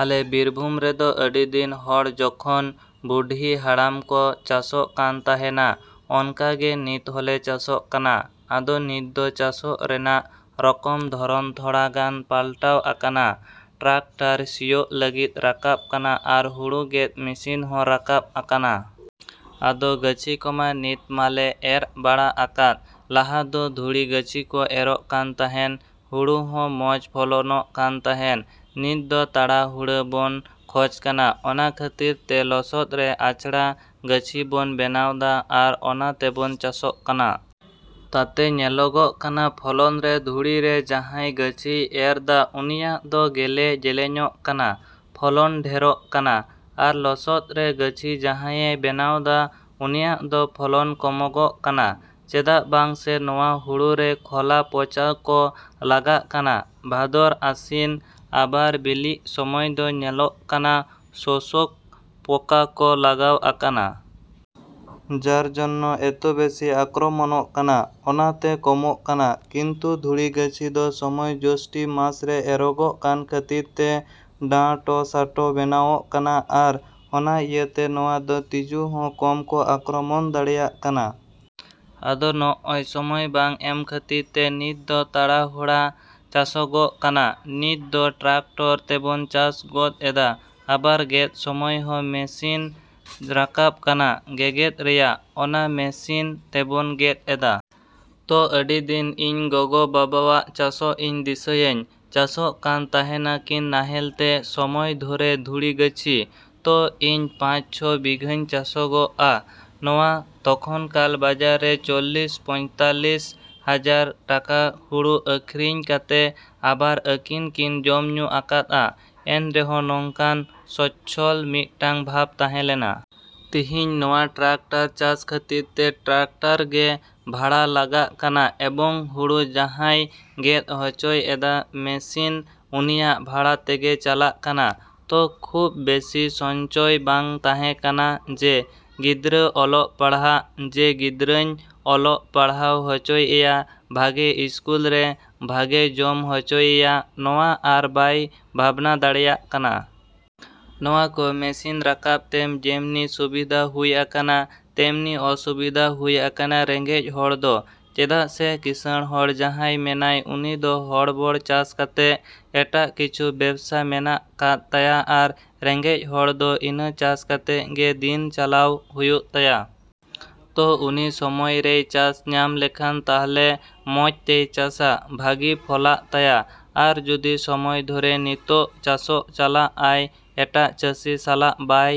ᱟᱞᱮ ᱵᱤᱨᱵᱷᱩᱢ ᱨᱮᱫᱚ ᱟᱹᱰᱤ ᱫᱤᱱ ᱦᱚᱲ ᱡᱚᱠᱷᱚᱱ ᱵᱩᱰᱷᱤ ᱦᱟᱲᱟᱢ ᱠᱚ ᱪᱟᱥᱚᱜ ᱠᱟᱱ ᱛᱟᱦᱮᱸᱱᱟ, ᱚᱱᱠᱟ ᱜᱮ ᱱᱤᱛ ᱦᱚᱸᱞᱮ ᱪᱟᱥᱚᱜ ᱠᱟᱱᱟ᱾ ᱟᱫᱚ ᱱᱤᱛ ᱫᱚ ᱪᱟᱥᱚᱜ ᱨᱮᱱᱟᱜ ᱨᱚᱠᱚᱢ ᱫᱷᱚᱨᱚᱱ ᱛᱷᱚᱲᱟ ᱜᱟᱱ ᱯᱟᱞᱴᱟᱣ ᱟᱠᱟᱱᱟ᱾ ᱴᱨᱟᱠᱴᱟᱨ ᱥᱤᱭᱳᱜ ᱞᱟᱹᱜᱤᱫ ᱨᱟᱠᱟᱵ ᱠᱟᱱᱟ ᱟᱨ ᱦᱩᱲᱩ ᱜᱮᱫ ᱢᱮᱥᱤᱱ ᱦᱚᱸ ᱨᱟᱠᱟᱵ ᱟᱠᱟᱱᱟ᱾ ᱟᱫᱚ, ᱜᱟᱹᱪᱷᱤ ᱠᱚᱢᱟ ᱱᱤᱛ ᱢᱟᱞᱮ ᱮᱨ ᱵᱟᱲᱟ ᱟᱠᱟᱫ᱾ ᱞᱟᱦᱟ ᱫᱚ ᱫᱷᱩᱲᱤ ᱜᱟᱹᱪᱷᱤ ᱠᱚ ᱮᱨᱚᱜ ᱠᱟᱱ ᱛᱟᱦᱮᱸᱱ ᱦᱩᱲᱩ ᱦᱚᱸ ᱢᱚᱸᱡᱽ ᱯᱷᱚᱞᱚᱱᱚᱜ ᱠᱟᱱ ᱛᱟᱦᱮᱸᱱ᱾ ᱱᱤᱛ ᱫᱚ ᱛᱟᱲᱟᱦᱩᱲᱟᱹ ᱵᱚᱱ ᱠᱷᱚᱡᱽ ᱠᱟᱱᱟ, ᱚᱱᱟ ᱠᱷᱟᱹᱛᱤᱨ ᱛᱮ ᱞᱚᱥᱚᱫ ᱨᱮ ᱟᱪᱷᱲᱟ ᱜᱟᱹᱪᱷᱤ ᱵᱚᱱ ᱵᱮᱱᱟᱣᱫᱟ ᱟᱨ ᱚᱱᱟ ᱛᱮᱵᱚᱱ ᱪᱟᱥᱚᱜ ᱠᱟᱱᱟ᱾ ᱛᱟᱛᱮ ᱧᱮᱞᱚᱜᱚᱜ ᱠᱟᱱᱟ ᱯᱷᱚᱞᱚᱱ ᱨᱮ ᱫᱷᱩᱲᱤ ᱨᱮ ᱡᱟᱦᱟᱸᱭ ᱜᱟᱹᱪᱷᱤᱭ ᱮᱨᱫᱟ ᱩᱱᱤᱭᱟᱜ ᱫᱚ ᱜᱮᱞᱮ ᱡᱮᱞᱮᱧᱚᱜ ᱠᱟᱱᱟ, ᱯᱷᱚᱞᱚᱱ ᱰᱷᱮᱨᱚᱜ ᱠᱟᱱᱟ᱾ ᱟᱨ ᱞᱚᱥᱚᱫ ᱨᱮ ᱜᱟᱹᱪᱷᱤ ᱡᱟᱦᱟᱸᱭᱮ ᱵᱮᱱᱟᱣᱫᱟ ᱩᱱᱤᱭᱟᱜ ᱫᱚ ᱯᱷᱚᱞᱚᱱ ᱠᱚᱢᱚᱜᱚᱜ ᱠᱟᱱᱟ᱾ ᱪᱮᱫᱟᱜ ᱵᱟᱝᱥᱮ ᱱᱚᱣᱟ ᱦᱩᱲᱩ ᱨᱮ ᱠᱷᱚᱞᱟ ᱯᱚᱪᱟ ᱠᱚ ᱞᱟᱜᱟᱜ ᱠᱟᱱᱟ ᱵᱷᱟᱫᱚᱨ ᱟᱥᱤᱱ, ᱟᱵᱟᱨ ᱵᱤᱞᱤᱜ ᱥᱚᱢᱚᱭ ᱫᱚ ᱧᱮᱞᱚᱜ ᱠᱟᱱᱟ ᱥᱳᱥᱳᱠ ᱯᱚᱠᱟ ᱠᱚ ᱞᱟᱜᱟᱣ ᱟᱠᱟᱱᱟ᱾ ᱡᱟᱨ ᱡᱚᱱᱱᱚ ᱮᱛᱚᱵᱮᱹᱥᱤ ᱟᱠᱨᱚᱢᱚᱱᱚᱜ ᱠᱟᱱᱟ᱾ ᱚᱱᱟ ᱛᱮ ᱠᱚᱢᱚᱜ ᱠᱟᱱᱟ᱾ ᱠᱤᱱᱛᱩ ᱫᱷᱩᱲᱤ ᱜᱟᱹᱪᱷᱤ ᱫᱚ ᱥᱚᱢᱚᱭ ᱡᱳᱥᱴᱷᱤ ᱢᱟᱥ ᱨᱮ ᱮᱨᱚᱜᱚᱜ ᱠᱟᱱ ᱠᱷᱟᱹᱛᱤᱨ ᱛᱮ ᱰᱟᱸᱴᱚᱥᱟᱴᱚ ᱵᱮᱱᱟᱣᱚᱜ ᱠᱟᱱᱟ ᱟᱨ ᱚᱱᱟ ᱤᱭᱟᱹᱛᱮ ᱱᱚᱣᱟ ᱫᱚ ᱛᱤᱡᱩ ᱦᱚᱸ ᱠᱚᱢ ᱠᱚ ᱟᱠᱨᱚᱢᱚᱱ ᱫᱟᱲᱮᱭᱟᱜ ᱠᱟᱱᱟ᱾ ᱟᱫᱚ ᱱᱚᱜᱼᱚᱭ ᱥᱚᱢᱚᱭ ᱵᱟᱝ ᱮᱢ ᱠᱷᱟᱹᱛᱤᱨ ᱛᱮ ᱱᱤᱛ ᱫᱚ ᱛᱟᱲᱟᱦᱩᱲᱟ ᱪᱟᱥᱚᱜᱚᱜ ᱠᱟᱱᱟ᱾ ᱱᱤᱛ ᱫᱚ ᱴᱨᱟᱠᱴᱚᱨ ᱛᱮᱵᱚᱱ ᱪᱟᱥ ᱜᱚᱫ ᱮᱫᱟ᱾ ᱟᱵᱟᱨ ᱜᱮᱫ ᱥᱚᱢᱚᱭ ᱦᱚᱸ ᱢᱮᱹᱥᱤᱱ ᱨᱟᱠᱟᱵ ᱠᱟᱱᱟ ᱜᱮᱜᱮᱫ ᱨᱮᱭᱟᱜ, ᱚᱱᱟ ᱢᱮᱹᱥᱤᱱ ᱛᱮᱵᱚᱱ ᱜᱮᱫ ᱮᱫᱟ᱾ ᱛᱚ, ᱟᱹᱰᱤ ᱫᱤᱱ ᱤᱧ ᱜᱚᱜᱚᱼᱵᱟᱵᱟᱣᱟᱜ ᱪᱟᱥᱚᱜ ᱤᱧ ᱫᱤᱥᱟᱹᱭᱟᱹᱧ᱾ ᱪᱟᱥᱚᱜ ᱠᱟᱱ ᱛᱟᱦᱮᱸᱱᱟᱠᱤᱱ ᱱᱟᱦᱮᱞ ᱛᱮ ᱥᱚᱢᱚᱭ ᱫᱷᱚᱨᱮ ᱫᱷᱩᱲᱤ ᱜᱟᱹᱪᱷᱤ᱾ ᱛᱚ, ᱤᱧ ᱯᱟᱸᱪ, ᱪᱷᱚ ᱵᱤᱜᱷᱟᱹᱧ ᱪᱟᱥᱚᱜᱚᱜᱼᱟ ᱱᱚᱣᱟ ᱛᱚᱠᱷᱚᱱᱠᱟᱞ ᱵᱟᱡᱟᱨ ᱨᱮ ᱪᱚᱞᱞᱤᱥ ᱯᱚᱸᱭᱛᱟᱞᱞᱤᱥ ᱦᱟᱡᱟᱨ ᱴᱟᱠᱟ ᱦᱩᱲᱩ ᱟᱠᱷᱨᱤᱧ ᱠᱟᱛᱮ ᱟᱵᱟᱨ ᱟᱹᱠᱤᱱ ᱠᱤᱱ ᱡᱚᱢᱼᱧᱩ ᱟᱠᱟᱫᱼᱟ, ᱮᱱ ᱨᱮᱦᱚᱸ ᱱᱚᱝᱠᱟᱱ ᱥᱚᱪᱪᱷᱚᱞ ᱢᱤᱫᱴᱟᱝ ᱵᱷᱟᱵᱽ ᱛᱟᱦᱮᱸᱞᱮᱱᱟ᱾ ᱛᱤᱦᱤᱧ ᱱᱚᱣᱟ ᱴᱨᱟᱠᱴᱟᱨ ᱪᱟᱥ ᱠᱷᱟᱹᱛᱤᱨ ᱛᱮ ᱴᱨᱟᱠᱴᱟᱨ ᱜᱮ ᱵᱷᱟᱲᱟ ᱞᱟᱜᱟᱜ ᱠᱟᱱᱟ ᱮᱵᱚᱝ ᱦᱩᱲᱩ ᱡᱟᱦᱟᱸᱭ ᱜᱮᱫ ᱦᱚᱪᱚᱭᱮᱫᱟ ᱢᱮᱹᱥᱤᱱ ᱩᱱᱤᱭᱟᱜ ᱵᱷᱟᱲᱟ ᱛᱮᱜᱮ ᱪᱟᱞᱟᱜ ᱠᱟᱱᱟ᱾ ᱛᱚ, ᱠᱷᱩᱵᱽ ᱵᱮᱥᱤ ᱥᱚᱧᱪᱚᱭ ᱵᱟᱝ ᱛᱟᱦᱮᱸ ᱠᱟᱱᱟ ᱡᱮ, ᱜᱤᱫᱽᱨᱟᱹ ᱚᱞᱚᱜ ᱯᱟᱲᱦᱟᱜ, ᱡᱮ ᱜᱤᱫᱽᱨᱟᱹᱧ ᱚᱞᱚᱜ ᱯᱟᱲᱦᱟᱜ ᱦᱚᱪᱚᱭᱮᱭᱟ ᱵᱷᱟᱹᱜᱮ ᱤᱥᱠᱩᱞ ᱨᱮ, ᱵᱷᱟᱹᱜᱮ ᱡᱚᱢ ᱦᱚᱪᱚᱭᱮᱭᱟ ᱱᱚᱣᱟ ᱟᱨ ᱵᱟᱭ ᱵᱷᱟᱵᱽᱱᱟ ᱫᱟᱲᱮᱭᱟᱜ ᱠᱟᱱᱟ᱾ ᱱᱚᱣᱟ ᱠᱚ ᱢᱮᱹᱥᱤᱱ ᱨᱟᱠᱟᱵ ᱛᱮ ᱡᱮᱢᱱᱤ ᱥᱩᱵᱤᱫᱷᱟ ᱦᱩᱭ ᱟᱠᱟᱱᱟ ᱛᱮᱢᱱᱤ ᱚᱥᱩᱵᱤᱫᱷᱟ ᱦᱩᱭ ᱟᱠᱟᱱᱟ ᱨᱮᱸᱜᱮᱡ ᱦᱚᱲᱟᱜ ᱫᱚ᱾ ᱪᱮᱫᱟᱜ ᱥᱮ ᱠᱤᱸᱥᱟᱬ ᱦᱚᱲ ᱡᱟᱦᱟᱸᱭ ᱢᱮᱱᱟᱭ ᱩᱱᱤ ᱫᱚ ᱦᱚᱲᱵᱚᱲ ᱪᱟᱥ ᱠᱟᱛᱮ, ᱮᱴᱟᱜ ᱠᱤᱪᱷᱩ ᱵᱮᱵᱽᱥᱟ ᱢᱮᱱᱟᱜ ᱠᱟᱫ ᱛᱟᱭᱟ ᱟᱨ ᱨᱮᱸᱜᱮᱡ ᱦᱚᱲ ᱫᱚ ᱤᱱᱟᱹ ᱪᱟᱥ ᱠᱟᱛᱮ ᱜᱮ ᱫᱤᱱ ᱪᱟᱞᱟᱣ ᱦᱩᱭᱩᱜ ᱛᱟᱭᱟ᱾ ᱛᱚ ᱩᱱᱤ ᱥᱚᱢᱚᱭ ᱨᱮᱭ ᱪᱟᱥ ᱧᱟᱢ ᱞᱮᱠᱷᱟᱱ ᱛᱟᱦᱞᱮ ᱢᱚᱸᱡᱽ ᱛᱮᱭ ᱪᱟᱥᱟ᱾ ᱵᱷᱟᱹᱜᱤ ᱯᱷᱚᱞᱟᱜ ᱛᱟᱭᱟ᱾ ᱟᱨ ᱡᱩᱫᱤ ᱥᱚᱢᱚᱭ ᱫᱷᱚᱨᱮ ᱱᱤᱛᱳᱜ ᱪᱟᱥᱚᱜ ᱪᱟᱞᱟᱜ ᱟᱭ ᱮᱴᱟᱜ ᱪᱟᱥᱤ ᱥᱟᱞᱟᱜ ᱵᱟᱭᱼᱼ